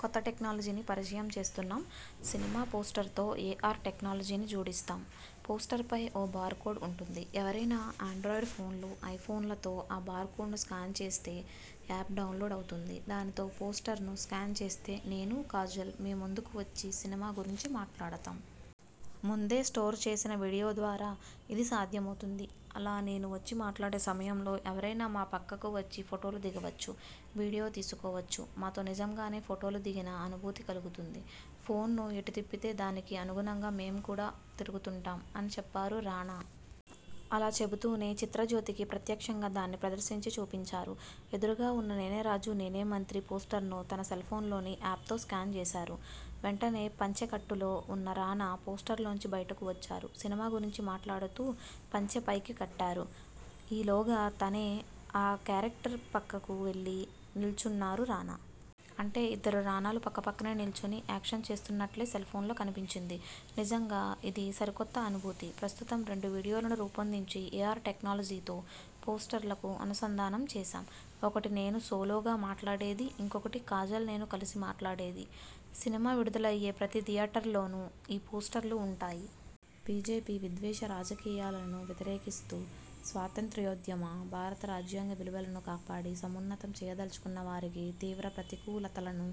కొత్త టెక్నాలజీని పరిచయం చేస్తున్నాం''సినిమా పోస్టర్తో ఏఆర్ టెక్నాలజీని జోడిస్తాం. పోస్టర్పై ఓ 'బార్ కోడ్' ఉంటుంది. ఎవరైనా ఆండ్రాయిడ్ ఫోన్లు, ఐ ఫోన్లతో ఆ బార్కోడ్ను స్కాన్ చేస్తే, యాప్ డౌన్లోడ్ అవుతుంది. దానితో పోస్టర్ను స్కాన్ చేస్తే నేను, కాజల్ మీ ముందుకు వచ్చి సినిమా గురించి మాట్లాడతాం. ముందే స్టోర్ చేసిన వీడియో ద్వారా ఇది సాధ్యమవుతుంది. అలా నేను వచ్చి మాట్లాడే సమయంలో ఎవరైనా మా పక్కకు వచ్చి ఫొటోలు దిగవచ్చు. వీడియో తీసుకోవచ్చు. మాతో నిజంగానే ఫొటోలు దిగిన అనుభూతి కలుగుతుంది. ఫోన్ను ఎటు తిప్పితే, దానికి అనుగుణంగా మేం కూడా తిరుగుతుంటాం'' అని చెప్పారు రానా. అలా చెబుతూనే చిత్రజ్యోతికి ప్రత్యక్షంగా దాన్ని ప్రదర్శించి చూపించారు. ఎదురుగా ఉన్న 'నేనే రాజు నేనే మంత్రి' పోస్టర్ను తన సెల్ఫోన్లోని యాప్తో స్కాన్ చేశారు. వెంటనే పంచెకట్టులో ఉన్న రానా పోస్టర్లోంచి బయటకు వచ్చారు. సినిమా గురించి మాట్లాడుతూ పంచె పైకి కట్టారు. ఈ లోగా తనే ఆ కేరక్టర్ పక్కకు వెళ్లి నిల్చున్నారు రానా. అంటే ఇద్దరు రానాలు పక్కపక్కనే నిల్చుని యాక్షన్ చేస్తున్నట్లే సెల్ఫోన్లో కనిపించింది. నిజంగా ఇది సరికొత్త అనుభూతి! ''ప్రస్తుతం రెండు వీడియోలను రూపొందించి ఏఆర్ టెక్నాలజీతో పోస్టర్లకు అనుసంధానం చేశాం. ఒకటి నేను సోలోగా మాట్లాడేది, ఇంకొకటి కాజల్, నేను కలిసి మాట్లాడేది. సినిమా విడుదలయ్యే ప్రతి థియేటర్లోనూ ఈ పోస్టర్లు ఉంటాయి. బీజేపీ విద్వేషరాజకీయాలను వ్యతిరేకిస్తూ స్వాతంత్ర్యోద్యమ, భారత రాజ్యాంగ విలువలను కాపాడి, సమున్నతం చేయదలచుకున్నవారికి తీవ్ర ప్రతికూలతలను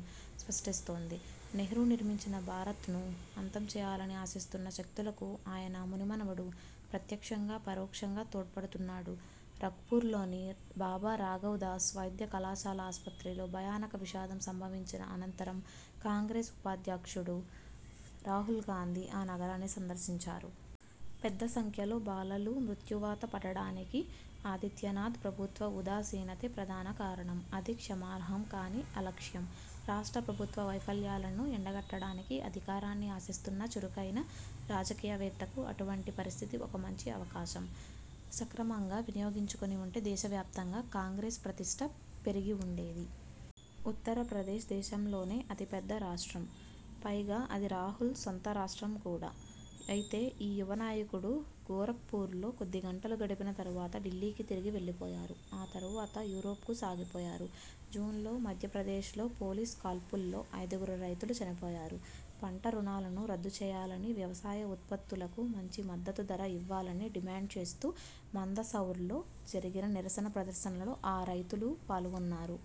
సృష్టిస్తోంది. నెహ్రూ నిర్మించిన భారత్ను అంతం చేయాలని ఆశిస్తున్న శక్తులకు ఆయన ముని మనవడు ప్రత్యక్షంగా, పరోక్షంగా తోడ్పడుతున్నాడు. రఖ్పూర్లోని బాబా రాఘవ్ దాస్ వైద్య కళాశాల ఆస్పత్రిలో భయానక విషాదం సంభవించిన అనంతరం కాంగ్రెస్ ఉపాధ్యక్షుడు రాహుల్ గాంధీ ఆ నగరాన్ని సందర్శించారు. పెద్ద సంఖ్యలో బాలలు మృత్యువాత పడడానికి ఆదిత్యనాథ్ ప్రభుత్వ ఉదాసీనతే ప్రధాన కారణం. అది క్షమార్హం కాని అలక్ష్యం. రాష్ట్ర ప్రభుత్వ వైఫల్యాలను ఎండగట్టడానికి అధికారాన్ని ఆశిస్తున్న, చురుకైన రాజకీయవేత్తకు అటువంటి పరిస్థితి ఒక మంచి అవకాశం. సక్రమంగా వినియోగించుకొనివుంటే దేశవ్యాప్తంగా కాంగ్రెస్ ప్రతిష్ఠ పెరిగివుం డేది. ఉత్తరప్రదేశ్ దేశంలోనే అతి పెద్ద రాష్ట్రం. పైగా అది రాహుల్ సొంత రాష్ట్రం కూడా. అయితే ఈ యువ నాయకుడు గోరఖ్పూర్లో కొద్దిగంటలు గడిపిన తరువాత ఢిల్లీకి తిరిగి వెళ్ళిపోయారు. ఆ తరువాత యూరోప్కు సాగిపోయారు. జూన్లో మధ్యప్రదేశ్లో పోలీసుకాల్పుల్లో ఐదుగురు రైతులు చనిపోయారు. పంటరుణాలను రద్దుచేయాలని, వ్యవసాయ ఉత్పత్తులకు మంచి మద్దతు ధర ఇవ్వాలని డిమాండ్చేస్తూ మందసౌర్లో జరిగిన నిరసన ప్రదర్శనలో ఆ రైతులూ పాల్గొన్నారు.